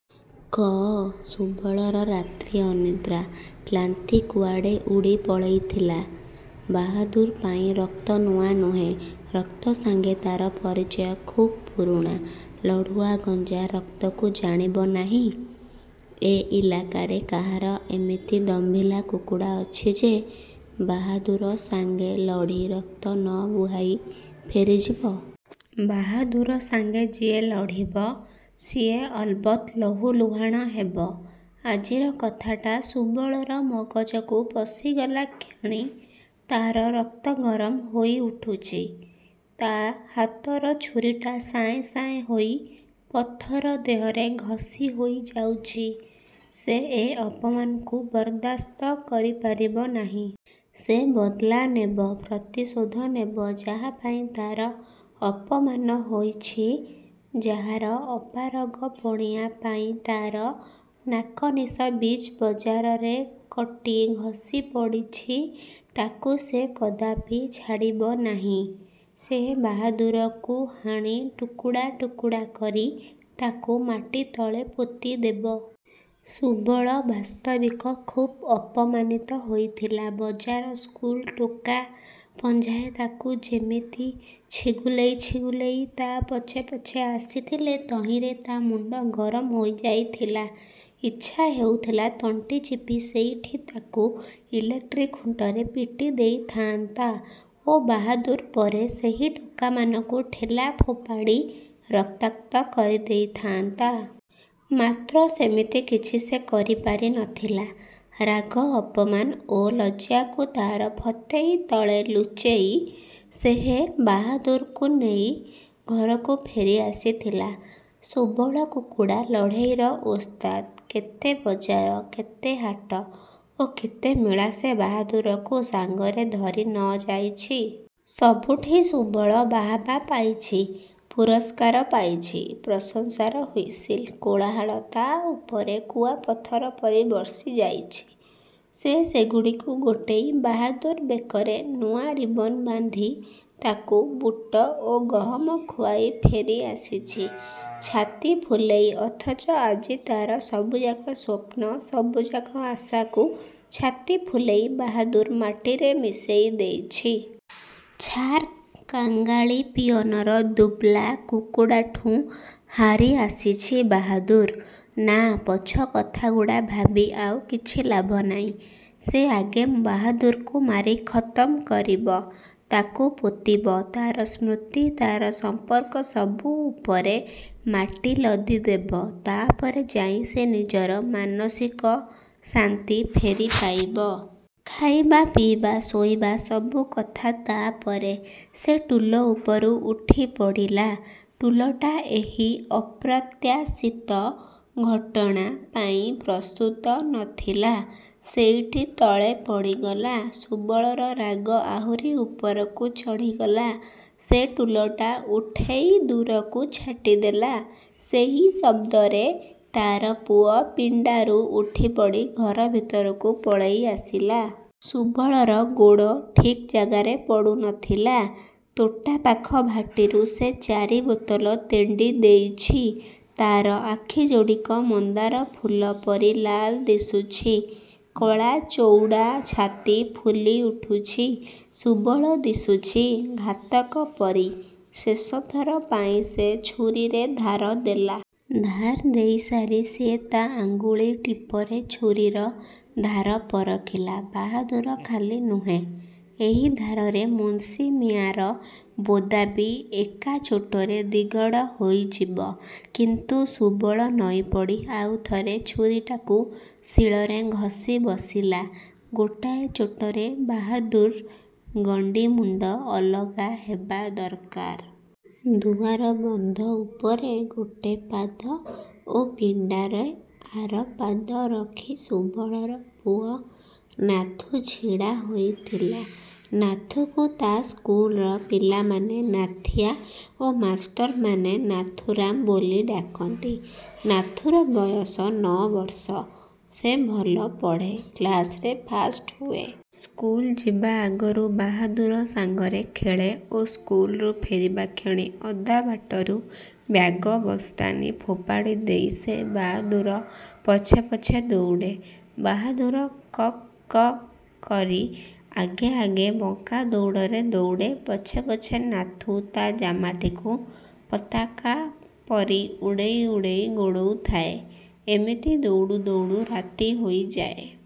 କଅ। ସୁବଳର ରାତି ଅନିଦ୍ରା କ୍ଳାନ୍ତି କୁଆଡ଼େ ଉଡ଼ି ପଳେଇଥିଲା। ବାହାଦୁର୍ ପାଇଁ ରକ୍ତ ନୂଆ ନୁହେଁ। ରକ୍ତ ସାଙ୍ଗେ ତାର ପରିଚୟ ଖୁବ୍ ପୁରୁଣା। ଲଢ଼ୁଆ ଗଞ୍ଜା ରକ୍ତକୁ ଜାଣିବ ନାହିଁ! ଏ ଇଲାକାରେ କାହାର ଏମିତି ଦମ୍ଭିଲା କୁକୁଡ଼ା ଅଛି ଯେ ବାହାଦୁର ସାଙ୍ଗେ ଲଢ଼ି ରକ୍ତ ନ ବୁହାଇ ଫେରିଯିବ? ବାହାଦୁର ସାଙ୍ଗେ ଯିଏ ଲଢ଼ିବ, ସେ ଅଲବତ୍ ଲହୁଲୁହାଣ ହେବ। ଆଜିର କଥାଟା ସୁବଳର ମଗଜକୁ ପଶିଗଲା କ୍ଷଣି ତାର ରକ୍ତ ଗରମ ହୋଇଉଠୁଛି। ତା ହାତର ଛୁରୀଟା ସାଏଁ ସାଏଁ ହୋଇ ପଥର ଦେହରେ ଘଷି ହୋଇଯାଉଛି। ସେ ଏ ଅପମାନକୁ ବରଦାସ୍ତ କରିପାରିବ ନାହିଁ। ସେ ବଦ୍ଲା ନେବ। ପ୍ରତିଶୋଧ ନେବ। ଯାହା ପାଇଁ ତାର ଅପମାନ ହୋଇଛି, ଯାହାର ଅପାରଗପଣିଆ ପାଇଁ ତାର ନାକନିଶ ବିଚ୍ ବଜାରରେ କଟି ଖସି ପଡ଼ିଛି, ତାକୁ ସେ କଦାପି ଛାଡ଼ିବ ନାହିଁ। ସେ ବାହାଦୁରକୁ ହାଣି, ଟୁକୁଡ଼ା ଟୁକୁଡ଼ା କରି ତାକୁ ମାଟିତଳେ ପୋତିଦେବ। ସୁବଳ ବାସ୍ତବିକ ଖୁବ୍ ଅପମାନିତ ହୋଇଥିଲା। ବଜାର ସ୍କୁଲ ଟୋକା ପଞ୍ଝାଏ ତାକୁ ଯେମିତି ଛିଗୁଲେଇ ଛିଗୁଲେଇ ତା ପଛେ ପଛେ ଆସିଥିଲେ ତହିଁରେ ତା ମୁଣ୍ଡ ଗରମ ହୋଇଯାଇଥିଲା। ଇଚ୍ଛା ହେଉଥିଲା ତଣ୍ଟିଚିପି ସେଇଠି ତାକୁ ଇଲେକ୍ଟ୍ରି ଖୁଣ୍ଟରେ ପିଟି ଦେଇଥାଆନ୍ତା ଓ ବାହାଦୁର୍ ପରେ ସେହି ଟୋକାମାନଙ୍କୁ ଢେଲା ଫୋପାଡ଼ି ରକ୍ତାକ୍ତ କରିଦେଇଥାଆନ୍ତା। ମାତ୍ର ସେମିତି କିଛି ସେ କରିପାରିନଥିଲା। ରାଗ, ଅପମାନ ଓ ଲଜ୍ଜାକୁ ତାର ଫତେଇ ତଳେ ଲୁଚେଇ ସେ ବାହାଦୁରକୁ ନେଇ ଘରକୁ ଫେରି ଆସିଥିଲା। ସୁବଳ କୁକୁଡ଼ା ଲଢ଼େଇର ଓସ୍ତାଦ। କେତେ ବଜାର, କେତେ ହାଟ ଓ କେତେ ମେଳା ସେ ବାହାଦୁରକୁ ସାଙ୍ଗରେ ଧରି ନ ଯାଇଛି! ସବୁଠି ସୁବଳ ବାହାବା ପାଇଛି, ପୁରସ୍କାର ପାଇଛି। ପ୍ରଶଂସାର ହ୍ୱିସିଲ, କୋଳାହଳ ତା ଉପରେ କୁଆପଥର ପରି ବର୍ଷିଯାଇଛି। ସେ ସେଗୁଡ଼ିକୁ ଗୋଟେଇ, ବାହାଦୁର୍ ବେକରେ ନୂଆ ରିବନ ବାନ୍ଧି, ତାକୁ ବୁଟ ଓ ଗହମ ଖୁଆଇ ଫେରିଆସିଛି ଛାତିଫୁଲେଇ। ଅଥଚ ଆଜି ତାର ସବୁଯାକ ସ୍ୱପ୍ନ, ସବୁଯାକ ଆଶାକୁ ଛାତିଫୁଲେଇ ବାହାଦୁର୍ ମାଟିରେ ମିଶେଇଦେଇଛି! ଛାର୍ କାଙ୍ଗାଳି ପିଅନର ଦୁବ୍ଲା କୁକୁଡ଼ାଠୁଁ ହାରି ଆସିଛି ବାହାଦୁର୍। ନା, ପଛ କଥାଗୁଡ଼ା ଭାବି ଆଉ କିଛି ଲାଭ ନାହିଁ। ସେ ଆଗେ ବାହାଦୁରକୁ ମାରି ଖତମ୍ କରିବ। ତାକୁ ପୋତିବ, ତାର ସ୍ମୃତି, ତାର ସମ୍ପର୍କ ସବୁ ଉପରେ ମାଟି ଲଦିଦେବ। ତାପରେ ଯାଇ ସେ ନିଜର ମାନସିକ ଶାନ୍ତି ଫେରି ପାଇବ। ଖାଇବା, ପିଇବା, ଶୋଇବା–ସବୁ କଥା ତାପରେ। ସେ ଟୁଲ ଉପରୁ ଉଠିପଡ଼ିଲା। ଟୁଲଟା ଏହି ଅପ୍ରତ୍ୟାଶିତ ଘଟଣା ପାଇଁ ପ୍ରସ୍ତୁତ ନଥିଲା। ସେଇଟି ତଳେ ପଡ଼ିଗଲା। ସୁବଳର ରାଗ ଆହୁରି ଉପରକୁ ଚଢ଼ିଗଲା। ସେ ଟୁଲଟା ଉଠେଇ ଦୂରକୁ ଛାଟିଦେଲା। ସେଇ ଶବ୍ଦରେ ତାର ପୁଅ ପିଣ୍ଡାରୁ ଉଠିପଡ଼ି ଘର ଭିତରକୁ ପଳେଇ ଆସିଲା। ସୁବଳର ଗୋଡ଼ ଠିକ୍ ଜାଗାରେ ପଡ଼ୁ ନଥିଲା। ତୋଟା ପାଖ ଭାଟିରୁ ସେ ଚାରି ବୋତଲ ତେଣ୍ଡିଦେଇଛି। ତାର ଆଖିଯୋଡ଼ିକ ମନ୍ଦାର ଫୁଲ ପରି ଲାଲ୍ ଦିଶୁଛି। କଳା ଚଉଡ଼ା ଛାତି ଫୁଲିଉଠୁଛି। ସୁବଳ ଦିଶୁଛି ଘାତକ ପରି। ଶେଷଥର ପାଇଁ ସେ ଛୁରୀରେ ଧାର ଦେଲା। ଧାର ଦେଇସାରି ସେ ତା ଆଙ୍ଗୁଳି ଟିପରେ ଛୁରୀର ଧାର ପରଖିଲା। ବାହାଦୁର ଖାଲି ନୁହେଁ, ଏଇ ଧାରରେ ମୁନ୍ସି ମିଆଁର ବୋଦା ବି ଏକାଚୋଟରେ ଦିଗଡ଼ ହୋଇଯିବ। କିନ୍ତୁ ସୁବଳ ନଇଁପଡ଼ି ଆଉଥରେ ଛୁରୀଟାକୁ ଶିଳରେ ଘଷି ବସିଲା। ଗୋଟାଏ ଚୋଟରେ ବାହାଦୁର୍ ଗଣ୍ଡି ମୁଣ୍ଡ ଅଲଗା ହେବା ଦରକାର। ଦୁଆର ବନ୍ଧ ଉପରେ ଗୋଟେ ପାଦ ଓ ପିଣ୍ଡାରେ ଆର ପାଦ ରଖି ସୁବଳର ପୁଅ ନାଥୁ ଛିଡ଼ା ହୋଇଥିଲା। ନାଥୁକୁ ତା ସ୍କୁଲର ପିଲାମାନେ ନାଥିଆ ଓ ମାଷ୍ଟରମାନେ ନାଥୁରାମ ବୋଲି ଡାକନ୍ତି। ନାଥୁର ବୟସ ନଅ ବର୍ଷ। ସେ ଭଲ ପଢ଼େ, କ୍ଲାସରେ ଫାଷ୍ଟ ହୁଏ। ସ୍କୁଲ ଯିବା ଆଗରୁ ବାହାଦୁର ସାଙ୍ଗରେ ଖେଳେ ଓ ସ୍କୁଲରୁ ଫେରିବା କ୍ଷଣି ଅଧାବାଟରୁ ବ୍ୟାଗ ବସ୍ତାନି ଫୋପାଡ଼ି ଦେଇ ସେ ବାହାଦୁର ପଛେ ପଛେ ଦଉଡ଼େ। ବାହାଦୁର କକକକ୍ କରି ଆଗେ ଆଗେ ବଙ୍କା ଦଉଡ଼ରେ ଦଉଡ଼େ, ପଛେ ପଛେ ନାଥୁ ତା ଜାମାଟିକୁ ପତାକା ପରି ଉଡ଼େଇ ଉଡ଼େଇ ଗୋଡ଼ଉଥାଏ। ଏମିତି ଦଉଡୁ ଦଉଡୁ ରାତି ହୋଇଯାଏ।